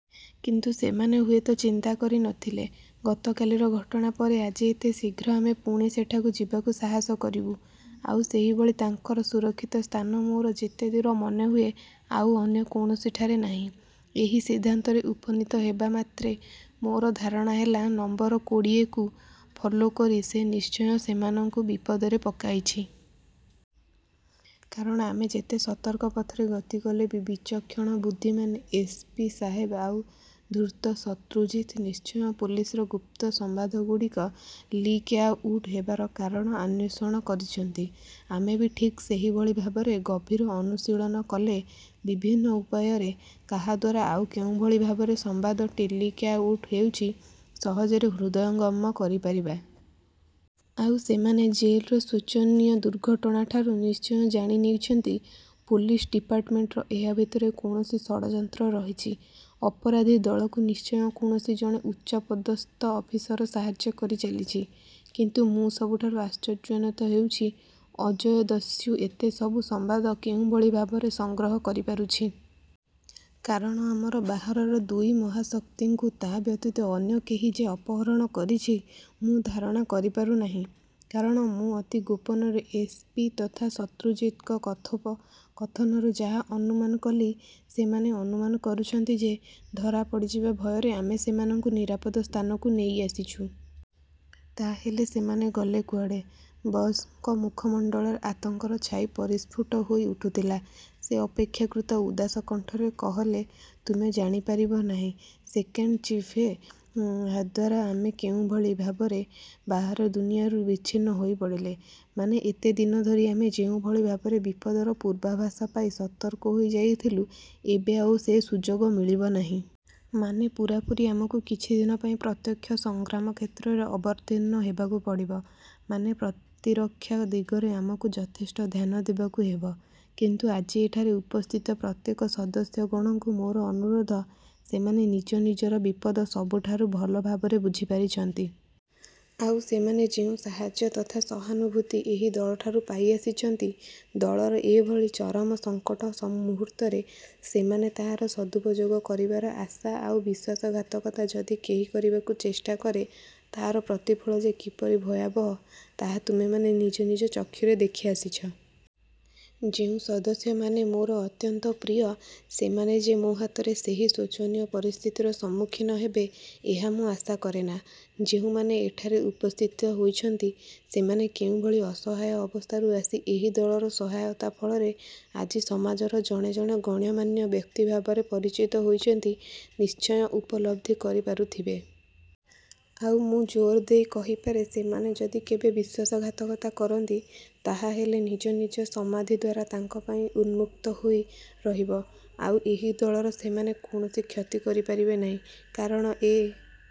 କିନ୍ତୁ ସେମାନେ ହୁଏତ ଚିନ୍ତା କରି ନ ଥିଲେ ଗତକାଲିର ଘଟଣା ପରେ ଆଜି ଏତେ ଶୀଘ୍ର ଆମେ ପୁଣି ସେଠାକୁ ଯିବାକୁ ସାହସ କରିବୁଁ ଆଉ ସେହିଭଳି ତାଙ୍କର ସୁରକ୍ଷିତ ସ୍ଥାନ ମୋର ଯେତେଦୂର ମନେହୁଏ ଆଉ ଅନ୍ୟ କୌଣସିଠାରେ ନାହିଁ। ଏହି ସିଦ୍ଧାନ୍ତରେ ଉପନୀତ ହେବା ମାତ୍ରେ ମୋର ଧାରଣା ହେଲା ନମ୍ବର କୋଡ଼ିଏକୁ ଫଲୋ କରି ସେ ନିଶ୍ଚୟ ସେମାନଙ୍କୁ ବିପଦରେ ପକାଇଛି। କାରଣ ଆମେ ଯେତେ ସତର୍କ ପଥରେ ଗତି କଲେ ବି ବିଚକ୍ଷଣ ବୁଦ୍ଧିମାନ ଏସ୍ ପି ସାହେବ ଆଉ ଧୂର୍ତ୍ତ ଶତ୍ରୁଜିତ ନିଶ୍ଚୟ ପୋଲିସର ଗୁପ୍ତ ସମ୍ବାଦଗୁଡ଼ିକ ଲିକ୍ଆ ଉଟ୍ ହେବାର କାରଣ ଆନ୍ୱେଷଣ କରିଛନ୍ତି। ଆମେ ବି ଠିକ୍ ସେହିଭଳି ଭାବରେ ଗଭୀର ଅନୁଶୀଳନ କଲେ ବିଭିନ୍ନ ଉପାୟରେ କାହା ଦ୍ୱାରା ଆଉ କେଉଁଭଳି ଭାବରେ ସମ୍ବାଦଟି ଲିକ୍ଆ ଉଟ୍ ହେଉଛି, ସହଜରେ ହୃଦୟଙ୍ଗମ କରି ପାରିବା। ଆଉ ସେମାନେ ଜେଲର ଶୋଚନୀୟ ଦୁର୍ଘଟଣାଠାରୁ ନିଶ୍ଚୟ ଜାଣି ନେଇଛନ୍ତି ପୋଲିସ ଡିପାର୍ଟମେଣ୍ଟର ଏହା ଭତରେ କୌଣସି ଷଡ଼ଯନ୍ତ୍ର ରହିଛି। ଅପରାଧୀ ଦଳକୁ ନିଶ୍ଚୟ କୌଣସି ଜଣେ ଉଚ୍ଚପଦସ୍ଥ ଅଫିସର ସାହାଯ୍ୟ କରିଚାଲିଛି। କିନ୍ତୁ ମୁଁ ସବୁଠାରୁ ଆଶ୍ଚର୍ଯ୍ୟାନ୍ୱତ ହେଉଛି, ଅଜୟ ଦସ୍ୟୁ ଏତେ ସବୁ ସମ୍ବାଦ କେଉଁଭଳି ଭାବରେ ସଂଗ୍ରହ କରି ପାରୁଛି। କାରଣ ଆମର ବାହାରର ଦୁଇ ମହାଶକ୍ତିଙ୍କୁ ତା ବ୍ୟତୀତ ଅନ୍ୟ କେହି ଯେ ଅପହରଣ କରିଛି ମୁଁ ଧାରଣା କରି ପାରୁ ନାହିଁ। କାରଣ ମୁଁ ଅତି ଗୋପନରେ ଏସ୍. ପି ତଥା ଶତ୍ରୁଜିତଙ୍କ କଥୋପ କଥନରୁ ଯାହା ଅନୁମାନ କଲି, ସେମାନେ ଅନୁମାନ କରୁଛନ୍ତି ଯେ, ଧରା ପଡ଼ିଯିବା ଭୟରେ ଆମେ ସେମାନଙ୍କୁ ନିରାପଦ ସ୍ଥାନକୁ ନେଇ ଆସିଛୁ। ତା ହେଲେ ସେମାନେ ଗଲେ କୁଆଡ଼େ? ବସଙ୍କ ମୁଖମଣ୍ଡଳରେ ଆତଙ୍କର ଛାଇ ପରିସ୍ଫୁଟ ହୋଇ ଉଠୁଥିଲା। ସେ ଅପେକ୍ଷାକୃତ ଉଦାସ କଣ୍ଠରେ କହଲେ ତୁମେ ଜାଣିପାରିବ ନାହିଁ ସେକେଣ୍ଡ ଚିଫ୍ଏ ହାଦ୍ୱାରା ଆମେ କେଉଁଭଳି ଭାବରେ ବାହାର ଦୁନିଆଠାରୁ ବିଚ୍ଛିନ୍ନ ହୋଇପଡ଼ିଲେ। ମାନେ ଏତେ ଦିନ ଧରି ଆମେ ଯେଉଁଭଳି ଭାବରେ ବିପଦର ପୂର୍ବାଭାସ ପାଇ ସତର୍କ ହୋଇ ଯାଉଥିଲୁ ଏବେ ଆଉ ସେ ସୁଯୋଗ ମିଳିବ ନାହିଁ। ମାନେ ପୂରାପୂରି ଆମକୁ କିଛିଦିନ ପାଇଁ ପ୍ରତ୍ୟକ୍ଷ ସଂଗ୍ରାମ କ୍ଷେତ୍ରରେ ଅବତୀର୍ଣ୍ଣ ହେବାକୁ ପଡ଼ିବ। ମାନେ ପ୍ରତିରକ୍ଷା ଦିଗରେ ଆମକୁ ଯଥେଷ୍ଟ ଧ୍ୟାନ ଦେବାକୁ ହେବ। କିନ୍ତୁ ଆଜି ଏଠାରେ ଉପସ୍ଥିତ ପ୍ରତ୍ୟେକ ସଦସ୍ୟଗଣଙ୍କୁ ମୋର ଅନୁରୋଧ ସେମାନେ ନିଜ ନିଜର ବିପଦ ସବୁଠାରୁ ଭଲ ଭାବରେ ବୁଝି ପାରିଛନ୍ତି। ଆଉ ସେମାନେ ଯେଉଁ ସାହାଯ୍ୟ ତଥା ସହାନୁଭୂତି ଏହି ଦଳଠାରୁ ପାଇ ଆସିଛନ୍ତି, ଦଳର ଏ ଭଳି ଚରମ ସଂକଟ ମୁହୂର୍ତ୍ତରେ ସେମାନେ ତାହାର ସଦୁପଯୋଗ। କରିବାର ଆଶା। ଆଉ ବିଶ୍ୱାସଘାତକତା ଯଦି କେହି କରିବାକୁ ଚେଷ୍ଟା କରେ ତାର ପ୍ରତିଫଳ ଯେ କିପରି ଭୟାବହ ତାହା ତୁମେମାନେ ନିଜ ନିଜ ଚକ୍ଷୁରେ ଦେଖି ଆସିଛ। ଯେଉଁ ସଦସ୍ୟମାନେ ମୋର ଅତ୍ୟନ୍ତ ପ୍ରିୟ ସେମାନେ ଯେ ମୋ ହାତରେ ସେହି ଶୋଚନୀୟ ପରିସ୍ଥିତିର ସମ୍ମୁଖୀନ ହେବେ, ଏହା ମୁଁ ଆଶା କରେନା। ଯେଉଁମାନେ ଏଠାରେ ଉପସ୍ଥିତ ହୋଇଛନ୍ତି, ସୋମାନେ କେଉଁଭଳି ଅସହାୟ ଅବସ୍ଥାରୁ ଆସି ଏହି ଦଳର ସହାୟତା ଫଳରେ ଆଜି ସମାଜର ଜଣେ ଜଣେ ଗଣ୍ୟମାନ୍ୟ ବ୍ୟକ୍ତି ଭାବରେ ପରିଚିତ ହୋଇଛନ୍ତି ନିଶ୍ଚୟ ଉପଲବ୍ଧି କରି ପାରୁଥିବେ। ଆଉ ମୁଁ ଯୋର ଦେଇ କହିପାରେ ସେମାନେ ଯଦି କେବେ ବିଶ୍ୱାସଘାତକତା କରିନ୍ତି, ତାହାହେଲେ ନିଜ ନିଜ ସମାଧି ଦ୍ୱାର ତାଙ୍କ ପାଇଁ ଉନ୍ମୁକ୍ତ ହୋଇ ରହିବ, ଆଉ ଏହି ଦଳର ସେମାନେ କୌଣସି କ୍ଷତି କରି ପାରିବେ ନାହିଁ। କାରଣ ଏ